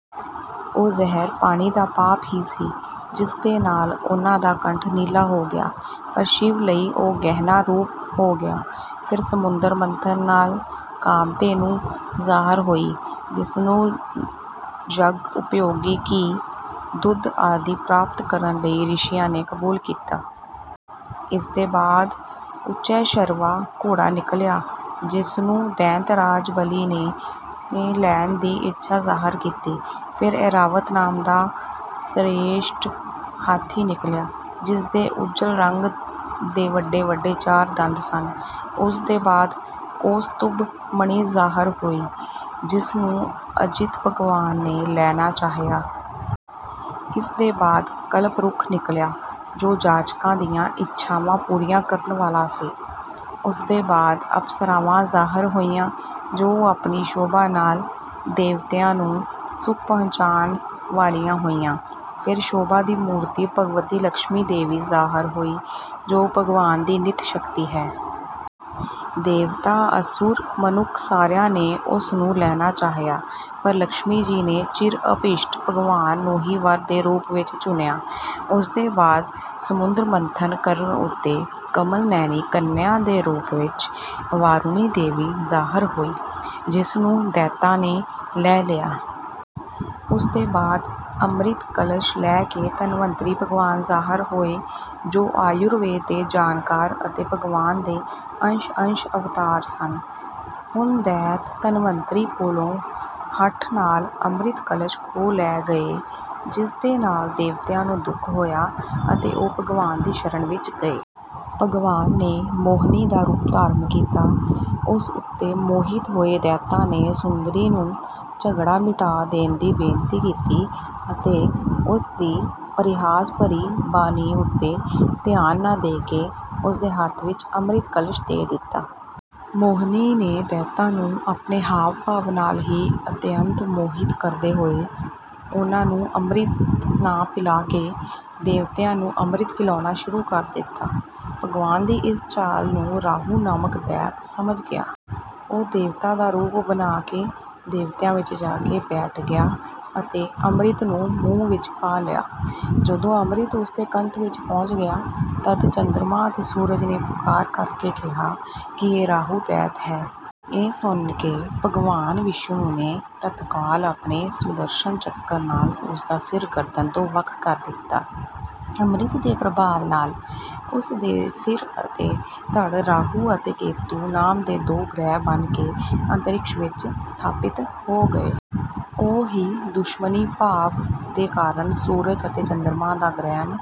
ਉਹ ਜ਼ਹਿਰ ਪਾਣੀ ਦਾ ਪਾਪ ਹੀ ਸੀ, ਜਿਸਦੇ ਨਾਲ ਉਨ੍ਹਾਂ ਦਾ ਕੰਠ ਨੀਲਾ ਹੋ ਗਿਆ ਪਰ ਸ਼ਿਵ ਲਈ ਉਹ ਗਹਿਣਾ ਰੂਪ ਹੋ ਗਿਆ। ਫਿਰ ਸਮੁੰਦਰ ਮੰਥਨ ਨਾਲ ਕਾਮਧੇਨੂ ਜ਼ਾਹਰ ਹੋਈ, ਜਿਸਨੂੰ ਯੱਗ-ਉਪਯੋਗੀ ਘੀ, ਦੁੱਧ ਆਦਿ ਪ੍ਰਾਪਤ ਕਰਨ ਲਈ ਰਿਸ਼ੀਆਂ ਨੇ ਕਬੂਲ ਕੀਤਾ। ਇਸਦੇ ਬਾਅਦ ਉੱਚੈਸ਼ਰਵਾ ਘੋੜਾ ਨਿਕਲਿਆ, ਜਿਸਨੂੰ ਦੈਂਤਰਾਜ ਬਲੀ ਨੇ ਲੈਣ ਦੀ ਇੱਛਾ ਜ਼ਾਹਰ ਕੀਤੀ। ਫਿਰ ਐਰਾਵਤ ਨਾਮ ਦਾ ਸ੍ਰੇਸ਼ਟ ਹਾਥੀ ਨਿਕਲਿਆ, ਜਿਸਦੇ ਉੱਜਲ ਰੰਗ ਦੇ ਵੱਡੇ-ਵੱਡੇ ਚਾਰ ਦੰਦ ਸਨ। ਉਸਦੇ ਬਾਅਦ ਕੌਸਤੁਭ ਮਣੀ ਜ਼ਾਹਰ ਹੋਈ, ਜਿਸਨੂੰ ਅਜਿਤ ਭਗਵਾਨ ਨੇ ਲੈਣਾ ਚਾਹਿਆ। ਇਸਦੇ ਬਾਅਦ ਕਲਪ ਰੁੱਖ ਨਿਕਲਿਆ, ਜੋ ਜਾਚਕਾਂ ਦੀਆਂ ਇੱਛਾਵਾਂ ਪੂਰੀਆਂ ਕਰਨ ਵਾਲਾ ਸੀ। ਉਸਦੇ ਬਾਅਦ ਅਪਸਰਾਵਾਂ ਜ਼ਾਹਰ ਹੋਈਆਂ, ਜੋ ਆਪਣੀ ਸ਼ੋਭਾ ਨਾਲ ਦੇਵਤਿਆਂ ਨੂੰ ਸੁਖ ਪਹੁੰਚਾਉਣ ਵਾਲੀਆਂ ਹੋਈਆਂ। ਫਿਰ ਸ਼ੋਭਾ ਦੀ ਮੂਰਤੀ ਭਗਵਤੀ ਲਕਸ਼ਮੀ ਦੇਵੀ ਜ਼ਾਹਰ ਹੋਈ, ਜੋ ਭਗਵਾਨ ਦੀ ਨਿੱਤ ਸ਼ਕਤੀ ਹੈ। ਦੇਵਤਾ, ਅਸੁਰ, ਮਨੁੱਖ ਸਾਰਿਆਂ ਨੇ ਉਸ ਨੂੰ ਲੈਣਾ ਚਾਹਿਆ, ਪਰ ਲਕਸ਼ਮੀ ਜੀ ਨੇ ਚਿਰ-ਅਭੀਸ਼ਟ ਭਗਵਾਨ ਨੂੰ ਹੀ ਵਰ ਦੇ ਰੂਪ ਵਿੱਚ ਚੁਣਿਆ। ਉਸਦੇ ਬਾਅਦ ਸਮੁੰਦਰ ਮੰਥਨ ਕਰਨ ਉੱਤੇ ਕਮਲ-ਨੈਣੀ ਕੰਨਿਆ ਦੇ ਰੂਪ ਵਿੱਚ ਵਾਰੁਣੀ ਦੇਵੀ ਜ਼ਾਹਰ ਹੋਈ, ਜਿਸਨੂੰ ਦੈਤਾਂ ਨੇ ਲੈ ਲਿਆ। ਉਸਦੇ ਬਾਅਦ ਅੰਮ੍ਰਿਤ ਕਲਸ਼ ਲੈ ਕੇ ਧਨਵੰਤਰੀ ਭਗਵਾਨ ਜ਼ਾਹਰ ਹੋਏ, ਜੋ ਆਯੁਰਵੇਦ ਦੇ ਜਾਣਕਾਰ ਅਤੇ ਭਗਵਾਨ ਦੇ ਅੰਸ਼-ਅੰਸ਼ ਅਵਤਾਰ ਸਨ। ਹੁਣ ਦੈਤ ਧਨਵੰਤਰੀ ਕੋਲੋਂ ਹਠ ਨਾਲ ਅੰਮ੍ਰਿਤ ਕਲਸ਼ ਖੋਹ ਲੈ ਗਏ, ਜਿਸਦੇ ਨਾਲ ਦੇਵਤਿਆਂ ਨੂੰ ਦੁੱਖ ਹੋਇਆ ਅਤੇ ਉਹ ਭਗਵਾਨ ਦੀ ਸ਼ਰਨ ਵਿੱਚ ਗਏ। ਭਗਵਾਨ ਨੇ ਮੋਹਣੀ ਦਾ ਰੂਪ ਧਾਰਨ ਕੀਤਾ। ਉਸ ਉੱਤੇ ਮੋਹਿਤ ਹੋਏ ਦੈਤਾਂ ਨੇ ਸੁੰਦਰੀ ਨੂੰ ਝਗੜਾ ਮਿਟਾ ਦੇਣ ਦੀ ਬੇਨਤੀ ਕੀਤੀ ਅਤੇ ਉਸਦੀ ਪਰਿਹਾਸ-ਭਰੀ ਬਾਣੀ ਉੱਤੇ ਧਿਆਨ ਨਾ ਦੇ ਕੇ ਉਸਦੇ ਹੱਥ ਵਿੱਚ ਅੰਮ੍ਰਿਤ ਕਲਸ਼ ਦੇ ਦਿੱਤਾ। ਮੋਹਣੀ ਨੇ ਦੈਤਾਂ ਨੂੰ ਆਪਣੇ ਹਾਵ-ਭਾਵ ਨਾਲ ਹੀ ਅਤਿਅੰਤ ਮੋਹਿਤ ਕਰਦੇ ਹੋਏ ਉਨ੍ਹਾਂ ਨੂੰ ਅੰਮ੍ਰਿਤ ਨਾ ਪਿਲਾ ਕੇ ਦੇਵਤਿਆਂ ਨੂੰ ਅੰਮ੍ਰਿਤ ਪਿਲਾਉਣਾ ਸ਼ੁਰੂ ਕਰ ਦਿੱਤਾ। ਭਗਵਾਨ ਦੀ ਇਸ ਚਾਲ ਨੂੰ ਰਾਹੂ ਨਾਮਕ ਦੈਤ ਸਮਝ ਗਿਆ। ਉਹ ਦੇਵਤਾ ਦਾ ਰੂਪ ਬਣਾ ਕੇ ਦੇਵਤਿਆਂ ਵਿੱਚ ਜਾ ਕੇ ਬੈਠ ਗਿਆ ਅਤੇ ਅੰਮ੍ਰਿਤ ਨੂੰ ਮੂੰਹ ਵਿੱਚ ਪਾ ਲਿਆ। ਜਦੋਂ ਅੰਮ੍ਰਿਤ ਉਸਦੇ ਕੰਠ ਵਿੱਚ ਪਹੁੰਚ ਗਿਆ, ਤੱਦ ਚੰਦਰਮਾ ਅਤੇ ਸੂਰਜ ਨੇ ਪੁਕਾਰ ਕਰ ਕੇ ਕਿਹਾ ਕਿ ਇਹ ਰਾਹੂ ਦੈਤ ਹੈ। ਇਹ ਸੁਣਕੇ ਭਗਵਾਨ ਵਿਸ਼ਨੂੰ ਨੇ ਤੱਤਕਾਲ ਆਪਣੇ ਸੁਦਰਸ਼ਨ ਚੱਕਰ ਨਾਲ ਉਸਦਾ ਸਿਰ ਗਰਦਨ ਤੋਂ ਵੱਖ ਕਰ ਦਿੱਤਾ। ਅੰਮ੍ਰਿਤ ਦੇ ਪ੍ਰਭਾਵ ਨਾਲ ਉਸਦੇ ਸਿਰ ਅਤੇ ਧੜ ਰਾਹੂ ਅਤੇ ਕੇਤੂ ਨਾਮ ਦੇ ਦੋ ਗ੍ਰਹਿ ਬਣ ਕੇ ਅੰਤਰਿਕਸ਼ ਵਿੱਚ ਸਥਾਪਤ ਹੋ ਗਏ। ਉਹ ਹੀ ਦੁਸ਼ਮਣੀ ਭਾਵ ਦੇ ਕਾਰਨ ਸੂਰਜ ਅਤੇ ਚੰਦਰਮਾ ਦਾ ਗ੍ਰਹਿਣ